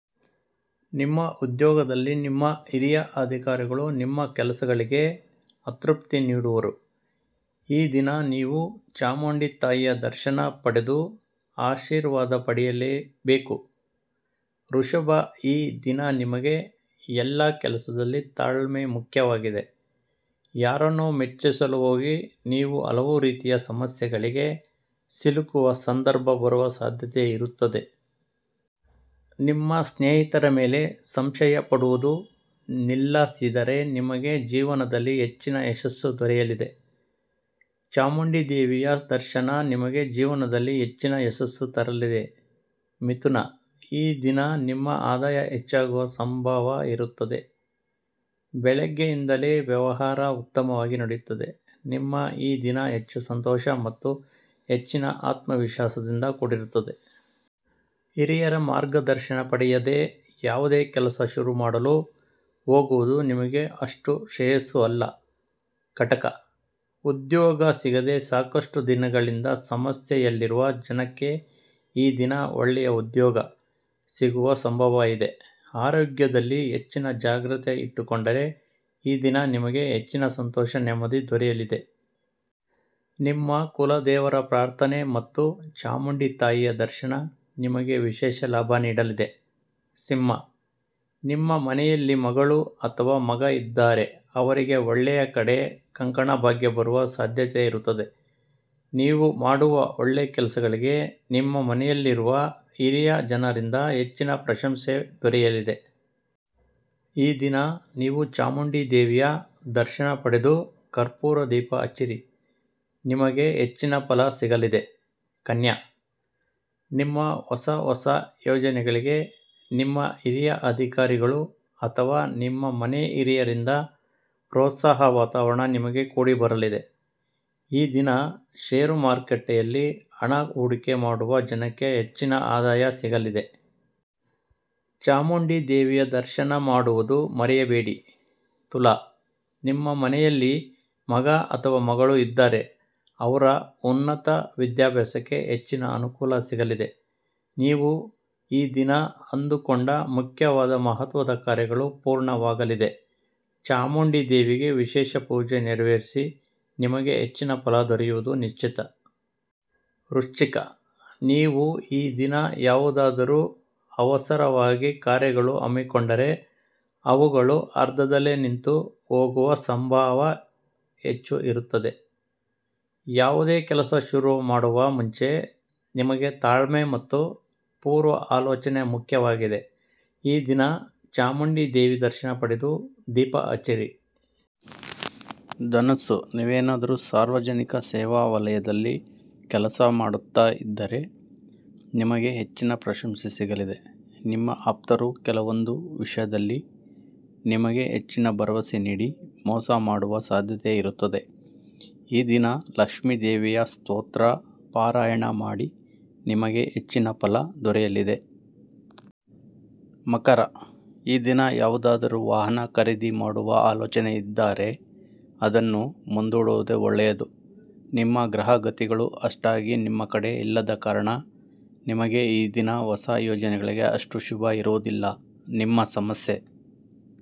ನಿಮ್ಮ ಉದ್ಯೋಗದಲ್ಲಿ ನಿಮ್ಮ ಹಿರಿಯ ಅಧಿಕಾರಿಗಳು ನಿಮ್ಮ ಕೆಲಸಗಳಿಗೆ ಅತೃಪ್ತಿ ನೀಡುವರು. ಈ ದಿನ ನೀವು ಚಾಮುಂಡಿ ತಾಯಿಯ ದರ್ಶನ ಪಡೆದು ಆಶೀರ್ವಾದ ಪಡೆಯಲೇ ಬೇಕು. ವೃಷಭ- ಈ ದಿನ ನಿಮಗೆ ಎಲ್ಲ ಕೆಲಸದಲ್ಲಿ ತಾಳ್ಮೆ ಮುಖ್ಯ ವಾಗಿದೆ. ಯಾರನ್ನೋ ಮೆಚ್ಚಿಸಲು ಹೋಗಿ ನೀವು ಹಲವು ರೀತಿಯ ಸಮಸ್ಯೆಗಳಿಗೆ ಸಿಲುಕುವ ಸಂಧರ್ಭ ಬರುವ ಸಾಧ್ಯತೆ ಇರುತ್ತದೆ. ನಿಮ್ಮ ಸ್ನೇಹಿತರ ಮೇಲೆ ಸಂಶಯ ಪಡುವುದು ನಿಲ್ಲಸಿದರೆ ನಿಮಗೆ ಜೀವನದಲ್ಲಿ ಹೆಚ್ಚಿನ ಯಶಸ್ಸು ದೊರೆಯಲಿದೆ. ಚಾಮುಂಡಿ ದೇವಿಯ ದರ್ಶನ ನಿಮಗೆ ಜೀವನದಲ್ಲಿ ಹೆಚ್ಚಿನ ಯಶಸ್ಸು ತರಲಿದೆ. ಮಿಥುನ- ಈ ದಿನ ನಿಮ್ಮ ಆದಾಯ ಹೆಚ್ಚಾಗುವ ಸಂಭಾವ ಇರುತ್ತದೆ ಬೆಳ್ಳೆಗೆಯಿಂದಲೇ ವ್ಯವಹಾರ ಉತ್ತಮವಾಗಿ ನಡೆಯುತ್ತದೆ. ನಿಮ್ಮ ಈ ದಿನ ಹೆಚ್ಚು ಸಂತೋಷ ಮತ್ತು ಹೆಚ್ಚಿನ ಆತ್ಮವಿಶ್ವಾಸ ದಿಂದ ಕೂಡಿರುತ್ತದೆ. ಹಿರಿಯರ ಮಾರ್ಗದರ್ಶನ ಪಡೆಯದೇ ಯಾವುದೇ ಕೆಲಸ ಶುರು ಮಾಡಲು ಹೋಗುವುದು ನಿಮಗೆ ಅಷ್ಟು ಶ್ರೇಯಸ್ಸು ಅಲ್ಲ. ಕಟಕ: ಉದ್ಯೋಗ ಸಿಗದೇ ಸಾಕಷ್ಟು ದಿನಗಳಿಂದ ಸಮಸ್ಯೆ ಯಲ್ಲಿರುವ ಜನಕ್ಕೆ ಈ ದಿನ ಒಳ್ಳೆಯ ಉದ್ಯೋಗ ಸಿಗುವ ಸಂಭವ ಇದೆ. ಆರೋಗ್ಯದಲ್ಲಿ ಹೆಚ್ಚಿನ ಜಾಗ್ರತೆ ಇಟ್ಟುಕೊಂಡರೆ ಈ ದಿನ ನಿಮಗೆ ಹೆಚ್ಚಿನ ಸಂತೋಷ ನೆಮ್ಮದಿ ದೊರೆಯಲಿದೆ. ನಿಮ್ಮ ಕುಲ ದೇವರ ಪ್ರಾರ್ಥನೆ ಮತ್ತು ಚಾಮುಂಡಿ ತಾಯಿಯ ದರ್ಶನ ನಿಮಗೆ ವಿಶೇಷ ಲಾಭ ನೀಡಲಿದೆ. ಸಿಂಹ- ನಿಮ್ಮ ಮನೆಯಲ್ಲಿ ಮಗಳು ಅಥವಾ ಮಗ ಇದ್ದಾರೆ ಅವರಿಗೆ ಒಳ್ಳೆಯ ಕಡೆ ಕಂಕಣ ಭಾಗ್ಯ ಬರುವ ಸಾಧ್ಯತೆ ಇರುತ್ತದೆ. ನೀವು ಮಾಡುವ ಒಳ್ಳೆ ಕೆಲಸಗಳಿಗೆ ನಿಮ್ಮ ಮನೆಯಲ್ಲಿರುವ ಹಿರಿಯ ಜನರಿಂದ ಹೆಚ್ಚಿನ ಪ್ರಶಂಶೆ ದೊರೆಯಲಿದೆ. ಈ ದಿನ ನೀವು ಚಾಮುಂಡಿ ದೇವಿಯ ದರ್ಶನ ಪಡೆದು ಕರ್ಪೂರ ದೀಪ ಹಚ್ಚಿರಿ ನಿಮಗೆ ಹೆಚ್ಚಿನ ಫಲ ಸಿಗಲಿದೆ. ಕನ್ಯಾ- ನಿಮ್ಮ ಹೊಸ ಹೊಸ ಯೋಜನೆಗಳಿಗೆ ನಿಮ್ಮ ಹಿರಿಯ ಅಧಿಕಾರಿಗಳು ಅಥವಾ ನಿಮ್ಮ ಮನೆ ಹಿರಿಯರಿಂದ ಪ್ರೋತ್ಸಾಹ ವಾತಾವರಣ ನಿಮಗೆ ಕೂಡಿ ಬರಲಿದೆ. ಈ ದಿನ ಷೇರು ಮಾರುಕಟ್ಟೆಯಲ್ಲಿ ಹಣ ಹೂಡಿಕೆ ಮಾಡುವ ಜನಕ್ಕೆ ಹೆಚ್ಚಿನ ಆದಾಯ ಸಿಗಲಿದೆ. ಚಾಮುಂಡಿ ದೇವಿಯ ದರ್ಶನ ಮಾಡುವುದು ಮರೆಯಬೇಡಿ. ತುಲಾ- ನಿಮ್ಮ ಮನೆಯಲ್ಲಿ ಮಗ ಅಥವಾ ಮಗಳು ಇದ್ದಾರೆ ಅವ್ರ ಉನ್ನತ ವಿದ್ಯಾಭ್ಯಾಸಕ್ಕೆ ಹೆಚ್ಚಿನ ಅನುಕೂಲ ಸಿಗಲಿದೆ. ನೀವು ಈ ದಿನ ಅಂದು ಕೊಂಡ ಮುಖ್ಯವಾದ ಮಹತ್ತರ ಕಾರ್ಯಗಳು ಪೂರ್ಣವಾಗಲಿದೆ. ಚಾಮುಂಡಿ ದೇವಿಗೆ ವಿಶೇಷ ಪೂಜೆ ನೆರವೇರಿಸಿ ನಿಮಗೆ ಹೆಚ್ಚಿನ ಫಲ ದೊರೆವುದು ನಿಶ್ಚಿತ. ವೃಶ್ಚಿಕ- ನೀವು ಈ ದಿನ ಯಾವುದಾದರೂ ಅವಸರವಾಗಿ ಕಾರ್ಯಗಳು ಹಮ್ಮಿಕೊಂಡರೆ ಅವುಗಳು ಅರ್ಧದಲ್ಲೇ ನಿಂತು ಹೋಗುವ ಸಂಭಾವ ಹೆಚ್ಚು ಇರುತ್ತದೆ. ಯಾವುದೇ ಕೆಲಸ ಶುರು ಮಾಡುವ ಮುಂಚೆ ನಿಮಗೆ ತಾಳ್ಮೆ ಮತ್ತು ಪೂರ್ವ ಆಲೋಚನೆ ಮುಖ್ಯವಾಗಿದೆ ಈ ದಿನ ಚಾಮುಂಡಿ ದೇವಿ ದರ್ಶನ ಪಡೆದು ದೀಪ ಹಚ್ಚಿರಿ. ಧನಸ್ಸು- ನೀವೇನಾದರೂ ಸಾರ್ವಜನಿಕ ಸೇವಾ ವಲಯದಲ್ಲಿ ಕೆಲಸ ಮಾಡುತ್ತಾ ಇದ್ದಾರೆ ನಿಮಗೆ ಹೆಚ್ಚಿನ ಪ್ರಶಂಶೆ ಸಿಗಲಿದೆ. ನಿಮ್ಮ ಆಪ್ತರು ಕೆಲವೊಂದು ವಿಷ್ಯದಲ್ಲಿ ನಿಮಗೆ ಹೆಚ್ಚಿನ ಭರವಸೆ ನೀಡಿ ಮೋಸ ಮಾಡುವ ಸಾಧ್ಯತೆ ಇರುತ್ತದೆ. ಈ ದಿನ ಲಕ್ಷ್ಮಿ ದೇವಿಯ ಸ್ತೋತ್ರ ಪಾರಾಯಣ ಮಾಡಿ ನಿಮಗೆ ಹೆಚ್ಚಿನ ಫಲ ದೊರೆಯಲಿದೆ. ಮಕರ: ಈ ದಿನ ಯಾವುದಾದರೂ ವಾಹನ ಖರೀದಿ ಮಾಡುವ ಆಲೋಚನೆ ಇದ್ದಾರೆ ಅದನ್ನು ಮುಂದೂಡುವುದೇ ಒಳ್ಳೆಯದು ನಿಮ್ಮ ಗ್ರಹ ಗತಿಗಳು ಅಷ್ಟಾಗಿ ನಿಮ್ಮ ಕಡೆ ಇಲ್ಲದ ಕಾರಣ ನಿಮಗೆ ಈ ದಿನ ಹೊಸ ಯೋಜನೆಗಳಿಗೆ ಅಷ್ಟು ಶುಭ ಇರುವುದಿಲ್ಲ ನಿಮ್ಮ ಸಮಸ್ಯೆ